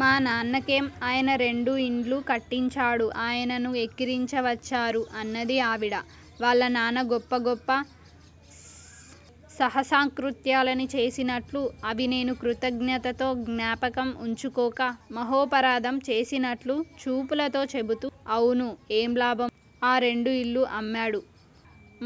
మా నాన్న కేం, ఆయన రెండు ఇండ్లు కట్టించాడు. ఆయనను ఎక్కిరించవచ్చారు అన్నది ఆవిడ. వాళ్ళనాన్న గొప్ప గొప్ప సాహసకృత్యాలన్నీ చేసినట్లూ, అవి నేను కృతజ్ఞతతో జ్ఞాపకం ఉంచుకోక మహోపరాధం చేసినట్లూ, చూపులతో చెపుతూ. అవును. ఏం లాభం, ఆ రెండు ఇళ్ళూ అమ్మాడు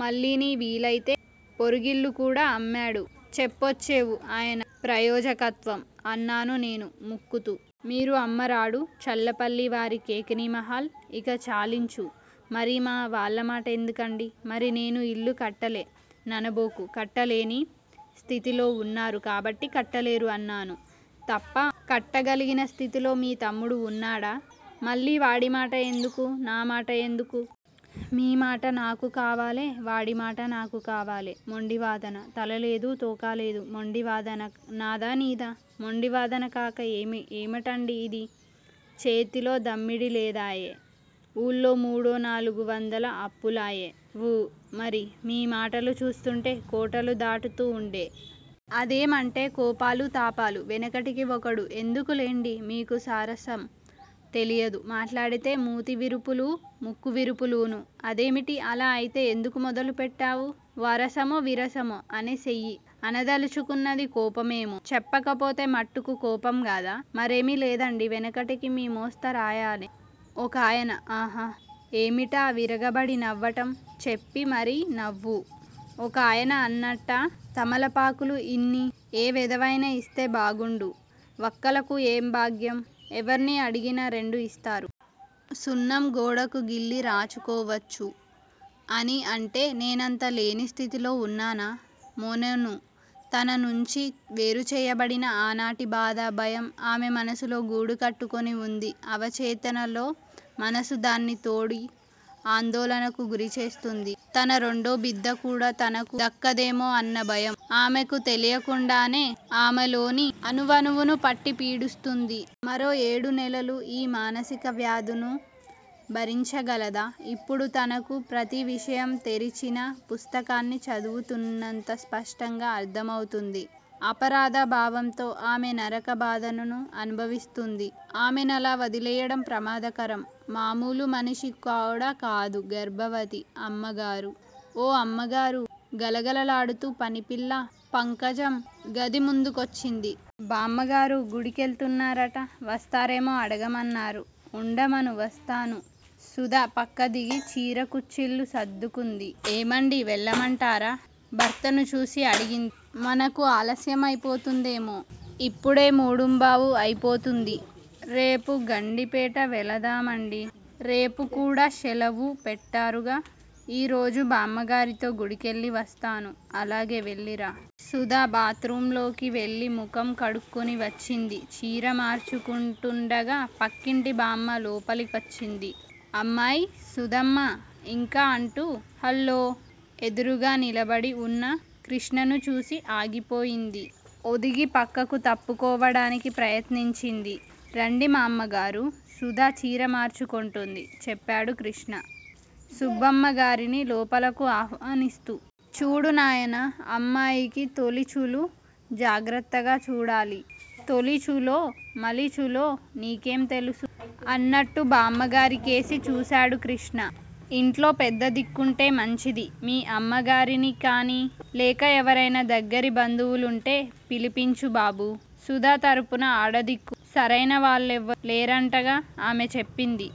మళ్ళీనీ వీలైతే పొరుగిల్లుకూడా అమ్మేడు, చెప్పొచ్చేవు ఆయన ప్రయోజకత్వం, అన్నాను నేను ముక్కుతూ. మీరు అమ్మరాడు చల్లపల్లి వారి కేకినీమహల్ ఇక చాలించు మరి మా వాళ్ళమాట ఎందుకండి, మరి నేను ఇల్లు కట్టలే ననబోకు కట్టలేని స్థితిలో ఉన్నారు కాబట్టి కట్టలేరు అన్నాను. తప్పా! కట్టగలిగిన స్థితిలో మీ తమ్ముడు ఉన్నాడా? మళ్ళీ వాడిమాట ఎందుకూ నామాట ఎందుకూ? మీమాట నాకు కావాలె వాడిమాట నాకూ కావాలె మొండివాదన, తలాలేదు, తోకా లేదూ! మొండి వాదన నాదా నీదా? మొండివాదన కాక ఏమటండీ ఇదీ? చేతిలో దమ్మిడీ లేదాయె, ఊళ్ళో మూడు నాలుగు వందల అప్పులాయె, మ్, మరి మీ మాటలు చూస్తుంటే కోటలు దాటుతూ ఉండె. అదేమంటే కోపాలూ తాపాలూ, వెనకటికి ఒకడూ ఎందుకు లెండి, మీకు సరసం తెలియదు. మాట్లాడితే మూతివిరుపులూ ముక్కువిరుపులూనూ. అదేమిటి? అలా అయితే ఎందుకు మొదలు పెట్టావూ వరసమో విరసమో అనే సెయ్యి. అనదలచుకున్నది. కోపమేమో? చెప్పకపోతే మట్టుకు కోపంగాదా? మరేమి లేదు లెండి వెనకటికి మీ మోస్త రాయనే ఒకాయన ఆహా__ఏమిటా విరగబడి నవ్వటం చెప్పి మరీ నవ్వు ఒకాయన అన్నాట్టా తమలపాకులూ ఇన్ని ఏ వెధవైనా ఇస్తే బాగుండూ, వక్కలకు ఏం భాగ్యం ఎవర్ని అడిగినా, రెండు ఇస్తారు. సున్నం గోడకు గిల్లి రాచుకోవచ్చూ, అనీ అంటే నేనంత లేనిస్థితిలో ఉన్నానా! మోనోను తననుంచి వేరుచేయబడిన ఆనాటి బాధ, భయం, ఆమె మనసులో గూడుకట్టుకొని వుంది. అవచేతనలో మనసు దాన్ని తోడి ఆందోళనకు గురిచేస్తూంది. తన రెండో బిద్దకూడా తనకు దక్కదేమో అన్నభయం ఆమెకు తెలియకుండానే ఆమెలోని అణువణువునూ పట్టి పీడిస్తూంది. మరో ఏడునెలలు ఈ మానసిక వ్యధును భరించగలదా? ఇప్పుడు తనకు ప్రతివిషయం తెరిచిన పుస్తకాన్ని చదువుతున్నంత స్పష్టంగా అర్ధమౌతోంది. అపరాధ భావంతో ఆమె నరక బాధను అనుభవిస్తూంది. ఆమెనలా వదిలెయ్యడం ప్రమాదకరం. మామూలు మనిషి కూడా కాదు__గర్భవతి- అమ్మగారూ! ఓ అమ్మగారూ! గలగలలాడుతూ పనిపిల్ల పంకజం గదిముందుకొచ్చింది. బామ్మగారు గుడికెళుతున్నారట? వస్తారేమో అడగమన్నారు. ఉండమను వస్తాను. సుధ పక్క దిగింది. చీరకుచ్చెళ్ళు సర్దుకొంది. ఏమండీ వెళ్ళమంటారా? భర్తను చూసి అడిగింది. మనకు ఆలస్యమైపోతుందేమో? ఇప్పుడే మూడుంబావు అయిపోతుంది. రేపు గండిపేట వెళదామండీ! రేపుకూడా శెలవు పెట్టారుగా? ఈరోజు బామ్మగారితో గుడికెళ్ళి వస్తాను. అలాగే వెళ్ళిరా! సుధ బాత్ రూమ్ లోకి వెళ్ళి ముఖం కడుక్కుని వచ్చింది. చీరమార్చుకుంటూండగా పక్కింటి బామ్మ లోపలకొచ్చింది. అమ్మాయ్__సుధమ్మా__ఇంకా అంటూ యుహాల్లో ఎదురుగా నిలబడి వున్న కృష్ణను చూసి ఆగిపోయింది. ఒదిగి పక్కకు తప్పుకోవడానికి ప్రయత్నించింది. రండి మామ్మగారూ! సుధ చీర మార్చుకుంటోంది చెప్పాడు కృష్ణ సుబ్బమ్మగారిని లోపలకు ఆహ్వానిస్తూ. చూడు నాయనా! అమ్మాయికి తొలిచూలు. జాగ్రత్తగ చుడాలి. తొలిచూలో, మలిచూలో, నీకేం తెలుసు? అన్నట్టు బామ్మగారి కేసి చూశాడు కృష్ణ. ఇంట్లో పెద్ద దిక్కుంటే మంచిది. మీ అమ్మగారినికానీ, లేక ఎవరైనా దగ్గిర బంధువులుంటే పిలిపించు బాబూ. సుధ తరపున ఆడదిక్కు సరైనవాళ్ళెవరూ లేరటగా? ఆమే చెప్పింది.